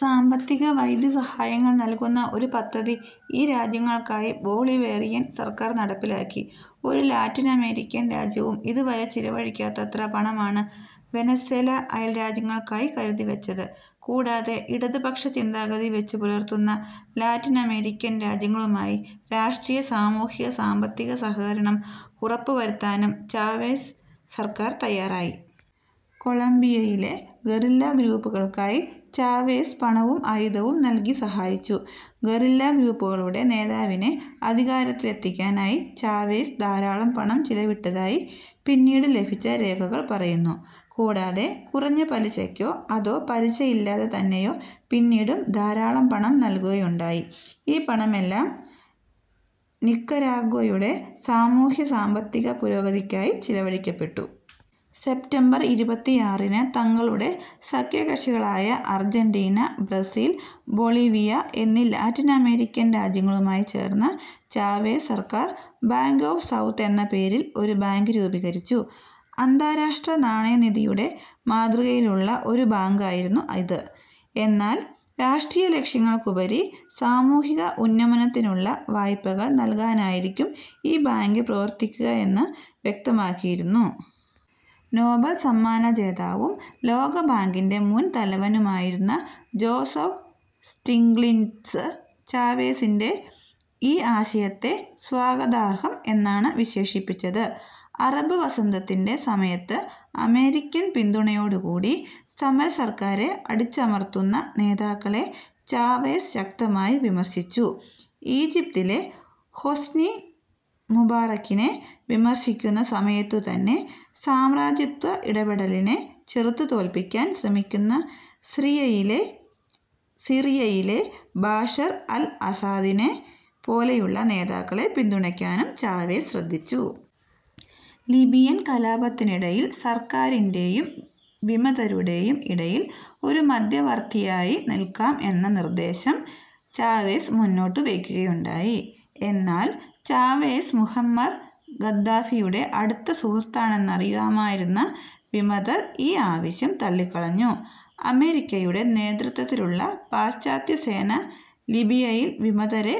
സാമ്പത്തിക, വൈദ്യ സഹായങ്ങൾ നൽകുന്ന ഒരു പദ്ധതി ഈ രാജ്യങ്ങൾക്കായി ബൊളിവേറിയൻ സർക്കാർ നടപ്പിലാക്കി. ഒരു ലാറ്റിനമേരിക്കൻ രാജ്യവും ഇതുവരെ ചിലവഴിക്കാത്തത്ര പണമാണ് വെനസ്വേല അയൽരാജ്യങ്ങൾക്കായി കരുതിവെച്ചത്. കൂടാതെ ഇടതുപക്ഷ ചിന്താഗതി വെച്ചു പുലർത്തുന്ന ലാറ്റിനമേരിക്കൻ രാജ്യങ്ങളുമായി രാഷ്ട്രീയ, സാമൂഹിക, സാമ്പത്തിക സഹകരണം ഉറപ്പുവരുത്താനും ചാവേസ് സർക്കാർ തയ്യാറായി. കൊളംബിയയിലെ ഗറില്ലാ ഗ്രൂപ്പുകൾക്കായി ചാവേസ് പണവും ആയുധവും നൽകി സഹായിച്ചു. ഗറില്ലാ ഗ്രൂപ്പുകളുടെ നേതാവിനെ അധികാരത്തിലെത്തിക്കാനായി ചാവേസ് ധാരാളം പണം ചിലവിട്ടതായി പിന്നീടു ലഭിച്ച രേഖകൾ പറയുന്നു. കൂടാതെ, കുറഞ്ഞ പലിശക്കോ, അതോ പലിശ ഇല്ലാതെതന്നെയോ പിന്നീടും ധാരാളം പണം നൽകുകയുണ്ടായി. ഈ പണമെല്ലാം നിക്കരാഗ്വയുടെ സാമൂഹ്യ, സാമ്പത്തിക പുരോഗതിക്കായി ചിലവഴിക്കപ്പെട്ടു. സെപ്റ്റംബർ ഇരുപത്തിയാറിന് തങ്ങളുടെ സഖ്യകക്ഷികളായ അർജന്റീന, ബ്രസീൽ, ബൊളീവിയ എന്നീ ലാറ്റിനമേരിക്കൻ രാജ്യങ്ങളുമായി ചേർന്ന് ചാവേസ് സർക്കാർ ബാങ്ക് ഓഫ് സൗത്ത് എന്ന പേരിൽ ഒരു ബാങ്ക് രൂപീകരിച്ചു. അന്താരാഷ്ട്ര നാണയനിധിയുടെ മാതൃകയിലുള്ള ഒരു ബാങ്കായിരുന്നു ഇത്. എന്നാൽ രാഷ്ട്രീയലക്ഷ്യങ്ങൾക്കുപരി സാമൂഹ്യ ഉന്നമനത്തിനുള്ള വായ്പകൾ നൽകാനായിരിക്കും ഈ ബാങ്ക് പ്രവർത്തിക്കുക എന്ന് വ്യക്തമാക്കിയിരുന്നു. നോബൽ സമ്മാന ജേതാവും, ലോകബാങ്കിന്റെ മുൻ തലവനുമായിരുന്ന ജോസഫ് സ്റ്റിഗ്ലിറ്റ്സ് ചാവേസിന്റെ ഈ ആശയത്തെ സ്വാഗതാർഹം എന്നാണ് വിശേഷിപ്പിച്ചത്. അറബ് വസന്തത്തിന്റെ സമയത്ത് അമേരിക്കൻ പിന്തുണയോടുകൂടി സമരക്കാരെ അടിച്ചമർത്തുന്ന നേതാക്കളെ ചാവേസ് ശക്തമായി വിമർശിച്ചു. ഈജിപ്തിലെ ഹൊസ്നി മുബാറക്കിനെ വിമർശിക്കുന്ന സമയത്തുതന്നെ സാമ്രാജ്യത്വ ഇടപെടലിനെ ചെറുത്തു തോൽപ്പിക്കാൻ ശ്രമിക്കുന്ന സിറിയയിലെ സിറിയയിലെ ബാഷർ അൽ ആസാദിനെ പോലെയുള്ള നേതാക്കളെ പിന്തുണയ്ക്കാനും ചാവേസ് ശ്രദ്ധിച്ചു. ലിബിയൻ കലാപത്തിനിടയിൽ സർക്കാരിന്റേയും, വിമതരുടേയും ഇടയിൽ ഒരു മദ്ധ്യവർത്തിയായി നിൽക്കാം എന്ന നിർദ്ദേശം ചാവേസ് മുന്നോട്ടു വെയ്ക്കുകയുണ്ടായി. എന്നാൽ ചാവേസ് മുവമ്മർ ഗദ്ദാഫിയുടെ അടുത്ത സുഹൃത്താണെന്നറിയാമായിരുന്ന വിമതർ ഈ ആവശ്യം തള്ളിക്കളഞ്ഞു. അമേരിക്കയുടെ നേതൃത്വത്തിലുള്ള പാശ്ചാത്യസേന ലിബിയയിൽ വിമതരെ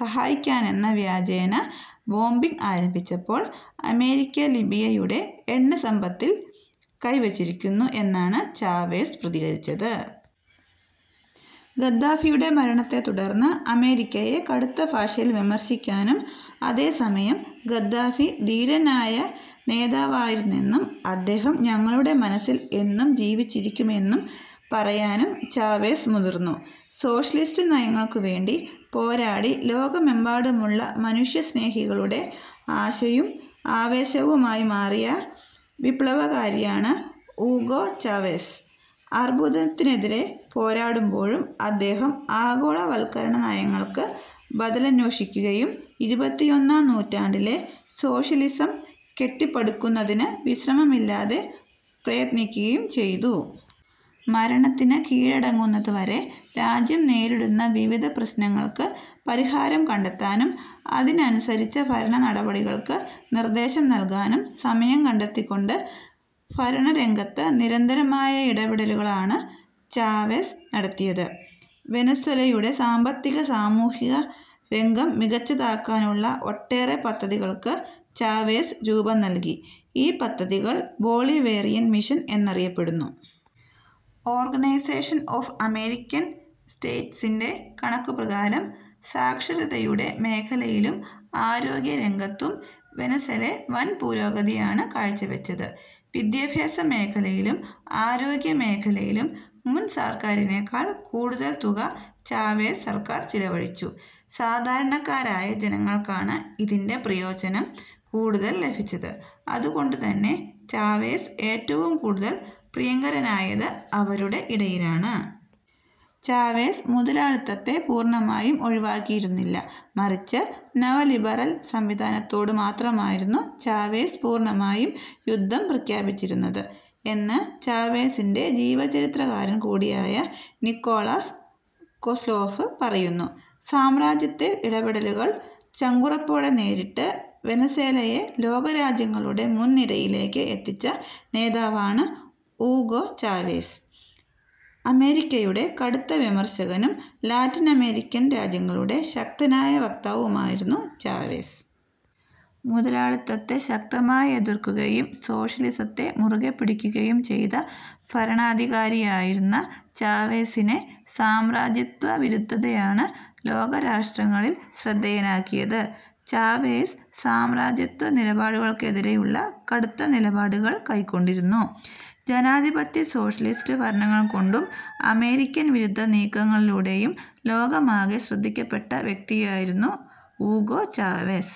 സഹായിക്കാനെന്ന വ്യാജേന ബോംബിംഗ് ആരംഭിച്ചപ്പോൾ, അമേരിക്ക ലിബിയയുടെ എണ്ണസമ്പത്തിൽ കൈ വെച്ചിരിക്കുന്നു എന്നാണ് ചാവേസ് പ്രതികരിച്ചത്. ഗദ്ദാഫിയുടെ മരണത്തെതുടർന്ന് അമേരിക്കയെ കടുത്തഭാഷയിൽ വിമർശിക്കാനും, അതേസമയം ഗദ്ദാഫി ധീരനായ നേതാവായിരുന്നെന്നും അദ്ദേഹം ഞങ്ങളുടെ മനസ്സിൽ എന്നും ജീവിച്ചിരിക്കും എന്നു പറയാനും ചാവേസ് മുതിർന്നു സോഷ്യലിസ്റ്റ് നയങ്ങൾക്കുവേണ്ടി പോരാടി ലോകമെമ്പാടുമുള്ള മനുഷ്യസ്നേഹികളുടെ ആശയും ആവേശവുമായി മാറിയ വിപ്ലവകാരിയാണ് ഊഗോ ചാവെസ്. അർബുദത്തിനെതിരേ പോരാടുമ്പോഴും അദ്ദേഹം ആഗോളവൽക്കരണനയങ്ങൾക്ക് ബദലന്വേഷിക്കുകയും ഇരുപത്തിയൊന്നാം നൂറ്റാണ്ടിലെ സോഷ്യലിസം കെട്ടിപ്പടുക്കുന്നതിന് വിശ്രമമില്ലാതെ പ്രയത്നിക്കുകയും ചെയ്തു. മരണത്തിന് കീഴടങ്ങുന്നതുവരെ രാജ്യം നേരിടുന്ന വിവിധ പ്രശ്നങ്ങൾക്ക് പരിഹാരം കണ്ടെത്താനും അതിനനുസരിച്ച ഭരണനടപടികൾക്ക് നിർദ്ദേശങ്ങൾ നൽകാനും സമയം കണ്ടെത്തിക്കൊണ്ട് ഭരണരംഗത്ത് നിരന്തരമായ ഇടപെടലുകളാണ് ചാവെസ് നടത്തിയത്. വെനസ്വേലയുടെ സാമ്പത്തിക, സാമൂഹിക, രംഗം മികച്ചതാക്കാനുള്ള ഒട്ടേറെ പദ്ധതികൾക്ക് ചാവേസ് രൂപം നൽകി. ഈ പദ്ധതികൾ ബൊളിവേറിയൻ മിഷൻ എന്നറിയപ്പെടുന്നു. ഓർഗനൈസേഷൻ ഓഫ് അമേരിക്കൻ സ്റ്റേറ്റ്സിന്റെ കണക്കുപ്രകാരം സാക്ഷരതയുടെ മേഖലയിലും, ആരോഗ്യരംഗത്തും വെനസ്വേല വൻപുരോഗതിയാണ് കാഴ്ചവെച്ചത്. വിദ്യാഭ്യാസ മേഖലയിലും, ആരോഗ്യ മേഖലയിലും മുൻ സർക്കാരിനേക്കാൾ കൂടുതൽ തുക ചാവേസ് സർക്കാർ ചിലവഴിച്ചു. സാധാരണക്കാരായ ജനങ്ങൾക്കാണ് ഇതിന്റെ പ്രയോജനം കൂടുതൽ ലഭിച്ചത്. അതുകൊണ്ടുതന്നെ ചാവേസ് ഏറ്റവും കൂടുതൽ പ്രിയങ്കരനായത് അവരുടെ ഇടയിലാണ്. ചാവേസ് മുതലാളിത്തത്തെ പൂർണ്ണമായും ഒഴിവാക്കിയിരുന്നില്ല, മറിച്ച് നവലിബറൽ സംവിധാനത്തോടു മാത്രമായിരുന്നു ചാവേസ് പൂർണ്ണമായും യുദ്ധം പ്രഖ്യാപിച്ചിരുന്നത് എന്ന് ചാവേസിന്റെ ജീവചരിത്രകാരൻ കൂടിയായ നിക്കോളാസ് കോസ്ലോഫ് പറയുന്നു. സാമ്രാജ്യത്ത ഇടപെടലുകളെ ചങ്കുറപ്പോടെ നേരിട്ട് വെനസ്വേലയെ ലോകരാജ്യങ്ങളുടെ മുൻനിരയിലേക്ക് എത്തിച്ച നേതാവാണ് ഊഗോ ചാവെസ്. അമേരിക്കയുടെ കടുത്ത വിമർശകനും ലാറ്റിനമേരിക്കൻ രാജ്യങ്ങളുടെ ശക്തനായ വക്താവുമായിരുന്നു ചാവെസ്. മുതലാളിത്തത്തെ ശക്തമായി എതിർക്കുകയും സോഷ്യലിസത്തെ മുറുകെ പിടിക്കുകയും ചെയ്ത ഭരണാധികാരിയായിരുന്ന ചാവെസിനെ സാമ്രാജ്യത്വ വിരുദ്ധതയാണ് ലോകരാഷ്ട്രങ്ങളിൽ ശ്രദ്ധേയനാക്കിയത്. ചാവേസ് സാമ്രാജ്യത്വ നിലപാടുകൾക്കെതിരേയുള്ള കടുത്ത നിലപാടുകൾ കൈക്കൊണ്ടിരുന്നു. ജനാധിപത്യ-സോഷ്യലിസ്റ്റ് ഭരണങ്ങൾ കൊണ്ടും, അമേരിക്കൻ വിരുദ്ധ നീക്കങ്ങളിലൂടെയും ലോകമാകെ ശ്രദ്ധിക്കപ്പെട്ട വ്യക്തിയായിരുന്നു ഊഗോ ചാവെസ്.